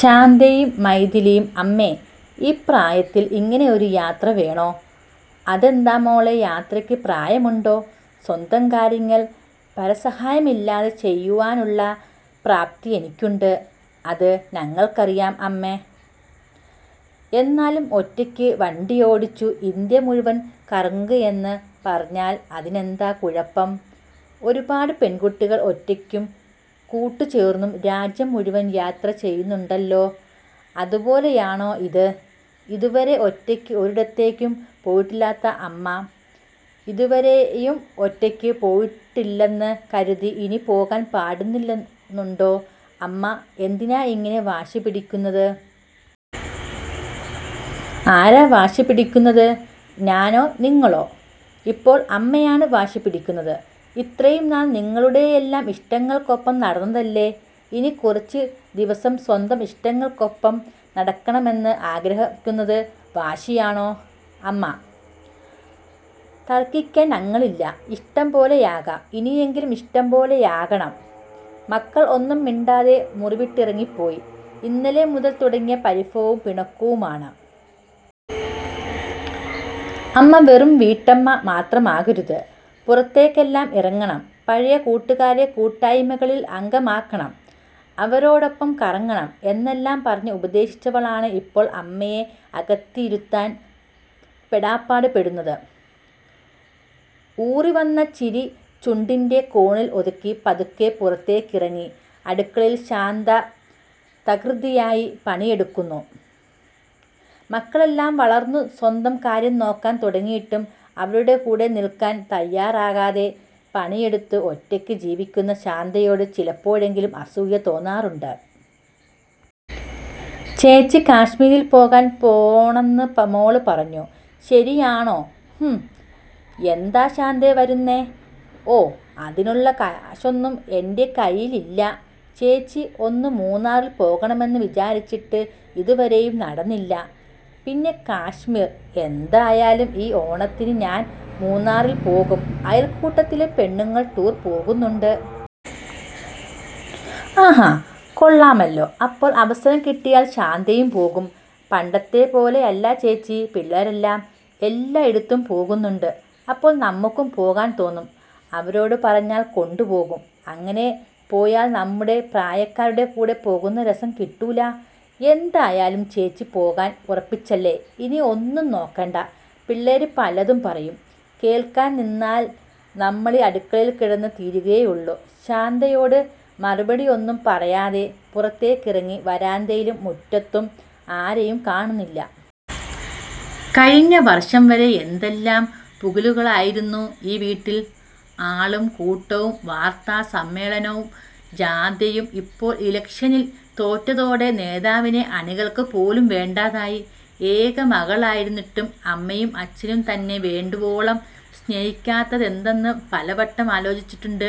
ശാന്തയും മൈഥിലിയും 'അമ്മേ, ഈ പ്രായത്തിൽ ഇങ്ങനെ ഒരു യാത്ര വേണോ?' അതെന്താ മോളെ യാത്രകൾക്ക് പ്രായമുണ്ടോ, സ്വന്തം കാര്യങ്ങൾ പരസഹായമില്ലാതെ ചെയ്യുവാനുള്ള പ്രാപ്തി എനിക്കുണ്ട്. 'അത് ഞങ്ങൾക്കറിയാം അമ്മാ, എന്നാലും ഒറ്റയ്ക്ക് വണ്ടിയോടിച്ചു ഇന്ത്യ മുഴുവൻ കറങ്ങുകയെന്ന് പറഞ്ഞാൽ' അതിനെന്താ കുഴപ്പം, ഒരുപാട് പെൺകുട്ടികൾ ഒറ്റയ്ക്കും കൂട്ടുചേർന്നും രാജ്യം മുഴുവൻ യാത്ര ചെയ്യുന്നുണ്ടല്ലോ ‘അതുപോലെയാണോ ഇത്, ഇതുവരെ ഒറ്റയ്ക്ക് ഒരിടത്തേക്കും പോയിട്ടില്ലാത്ത അമ്മ’ ‘ഇതുവരെയും ഒറ്റയ്ക്ക് പോയിട്ടില്ലെന്ന് കരുതി ഇനി പോകാൻ പാടില്ലെന്നുണ്ടോ’ ‘അമ്മ എന്തിനാ ഇങ്ങനെ വാശി പിടിക്കുന്നത്?’ ‘ആരാ വാശി പിടിക്കുന്നത്, ഞാനോ നിങ്ങളോ?’ ‘ഇപ്പോൾ അമ്മയാണ് വാശി പിടിക്കുന്നത്.' 'ഇത്രയും നാൾ നിങ്ങളുടെയെല്ലാം ഇഷ്ടങ്ങൾക്കൊപ്പം നടന്നതല്ലേ, ഇനി കുറച്ചു ദിവസം സ്വന്തം ഇഷ്ടങ്ങൾക്കൊപ്പം നടക്കണമെന്ന് ആഗ്രഹിക്കുന്നത് വാശിയാണോ.' 'അമ്മാ തർക്കിക്കാൻ ഞങ്ങളില്ല, ഇഷ്ടം പോലെയാകാം.' 'ഇനിയെങ്കിലും ഇഷ്ടംപോലെയാകണം.' മകൾ ഒന്നും മിണ്ടാതെ മുറിവിട്ടിറങ്ങി പോയി, ഇന്നലെ മുതൽ തുടങ്ങിയ പരിഭവവും പിണക്കവുമാണ്. അമ്മ വെറും വീട്ടമ്മ മാത്രമാകരുത്, പുറത്തേക്കെല്ലാം ഇറങ്ങണം, പഴയ കൂട്ടുകാരുടെ കൂട്ടായ്മകളിൽ അംഗമാകണം, അവരോടൊപ്പം കറങ്ങണം എന്നെല്ലാം പറഞ്ഞു ഉപദേശിച്ചവളാണ് ഇപ്പോൾ അമ്മയെ അകത്തിരുത്താൻ പെടാപ്പാട് പെടുന്നത്. ഊറിവന്ന ചിരി ചുണ്ടിൻ്റെ കോണിൽ ഒതുക്കി പതുക്കെ പുറത്തേക്കിറങ്ങി, അടുക്കളയിൽ ശാന്ത തകൃതിയായി പണിയെടുക്കുന്നു. മക്കളെല്ലാം വളർന്നു സ്വന്തം കാര്യം നോക്കാൻ തുടങ്ങിയിട്ടും, അവരുടെ കൂടെ നിൽക്കാൻ തയാറാകാതെ പണിയെടുത്ത് ഒറ്റയ്ക്ക് ജീവിക്കുന്ന ശാന്തയോട് ചിലപ്പോഴെങ്കിലും അസൂയ തോന്നാറുണ്ട്. 'ചേച്ചി കാശ്മീരിൽ പോകാൻ പോണെന്ന് മോള് പറഞ്ഞു, ശരിയാണോ' 'ങും, എന്താ ശാന്ത വരുന്നോ' 'ഓ അതിനുള്ള കാശൊന്നും എൻ്റെ കൈയിൽ ഇല്ല ചേച്ചി, ഒന്ന് മൂന്നാറിൽ പോകണമെന്ന് വിചാരിച്ചിട്ട് ഇതുവരെയും നടന്നിട്ടില്ല, പിന്നാ കാശ്മീർ. എന്തായാലും ഈ ഓണത്തിന് ഞാൻ മൂന്നാറിൽ പോകും, അയൽക്കൂട്ടത്തിലെ പെണ്ണുങ്ങൾ ടൂർ പോകുന്നുണ്ട്.' 'ആഹാ, കൊള്ളാമല്ലോ അപ്പോൾ അവസരം കിട്ടിയാൽ ശാന്തയും പോകും.' 'പണ്ടത്തെ പോലെയല്ല ചേച്ചി, പിള്ളേരെല്ലാം എല്ലായിടത്തും പോകുന്നുണ്ട്. അപ്പോൾ നമ്മുക്കും പോകാൻ തോന്നും, അവരോട് പറഞ്ഞാൽ കൊണ്ടുപോകും, അങ്ങനെ പോയാൽ നമ്മുടെ പ്രായക്കാരുടെ കൂടെ പോകുന്ന രസം കിട്ടൂല. എന്തായാലും ചേച്ചി പോകാൻ ഉറപ്പിച്ചല്ലോ, ഇനി ഒന്നും നോക്കണ്ട; പിള്ളേർ പലതും പറയും കേൾക്കാൻ നിന്നാൽ നമ്മളീ അടുക്കളയിൽ കിടന്ന് തീരുകയേ ഉള്ളൂ' ശാന്തയോട് മറുപടിയൊന്നും പറയാതെ പുറത്തേക്കിറങ്ങി, വരാന്തയിലും മുറ്റത്തും ആരെയും കാണാനില്ല. കഴിഞ്ഞ വർഷം വരെ എന്തെല്ലാം പുകിലുകളായിരുന്നു ഈ വീട്ടിൽ, ആളും കൂട്ടവും വാർത്താ സമ്മേളനവും ജാഥയും ഇപ്പോൾ ഇലക്ഷനിൽ തോറ്റതോടെ നേതാവിനെ അണികൾക്ക് പോലും വേണ്ടാതായി. ഏക മകളായിരുന്നിട്ടും, അമ്മയും അച്ഛനും തന്നെ വേണ്ടുവോളം സ്നേഹിക്കാത്തതെന്തെന്ന് പലവട്ടം ആലോചിട്ടുണ്ട്.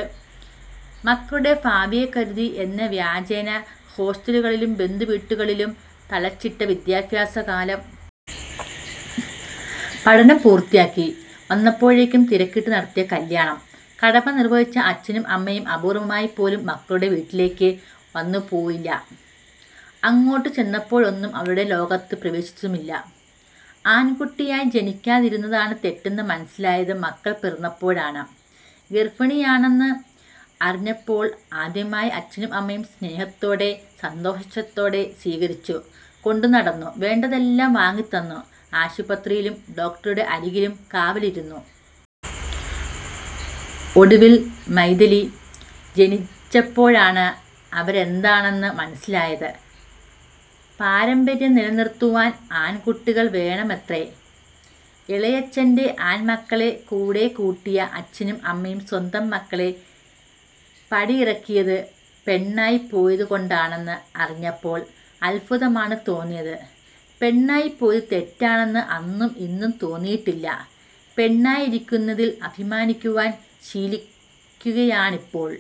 മകളുടെ ഭാവിയെക്കരുതി എന്ന വ്യാജേന ഹോസ്റ്റലുകളിലും, ബന്ധുവീടുകളിലും തളച്ചിട്ട വിദ്യാഭ്യാസകാലം. പഠനം പൂർത്തിയാക്കി വന്നപ്പോഴേക്കും തിരക്കിട്ടു നടത്തിയ കല്ല്യാണം. കടമ നിർവഹിച്ച അച്ഛനും അമ്മയും അപൂർവമായി പോലും മകളുടെ വീട്ടിലേക്ക് വന്നുപോയില്ല. അങ്ങോട്ട് ചെന്നപ്പോഴൊന്നും, അവരുടെ ലോകത്തേക്ക് പ്രവേശിപ്പിച്ചതുമില്ല. ആൺകുട്ടിയായി ജനിക്കാതിരുന്നതാണ് തെറ്റെന്ന് മനസ്സിലായത് മകൾ പിറന്നപ്പോഴാണ്, ഗർഭിണിയാണെന്ന് അറിഞ്ഞപ്പോൾ ആദ്യമായി അച്ഛനും അമ്മയും സ്നേഹത്തോടെ സന്തോഷത്തോടെ സ്വീകരിച്ചു, കൊണ്ടുനടന്നു വേണ്ടതെല്ലാം വാങ്ങിത്തന്നു, ആശുപത്രിയിലും ഡോക്ടറുടെ അരികിലും കാവലിരുന്നു. ഒടുവിൽ മൈഥിലി ജനിച്ചപ്പോഴാണ് അവരെന്താണെന്ന് മനസ്സിലായത്, പാരമ്പര്യം നിലനിറുത്തുവാൻ ആൺകുട്ടികൾ വേണമത്രേ. ഇളയച്ഛൻ്റെ ആൺമക്കളെ കൂടെകൂട്ടിയ അച്ഛനും അമ്മയും സ്വന്തം മകളെ പടിയിറക്കിയത് പെണ്ണായിപ്പോയത് കൊണ്ടാണെന്ന് അറിഞ്ഞപ്പോൾ അത്ഭുതമാണ് തോന്നിയത്. പെണ്ണായിപ്പോയത് തെറ്റാണെന്ന് അന്നും ഇന്നും തോന്നിയിട്ടില്ല, പെണ്ണായിരിക്കുന്നതിൽ അഭിമാനിക്കുവാൻ ശീലിക്കുകയാണിപ്പോൾ.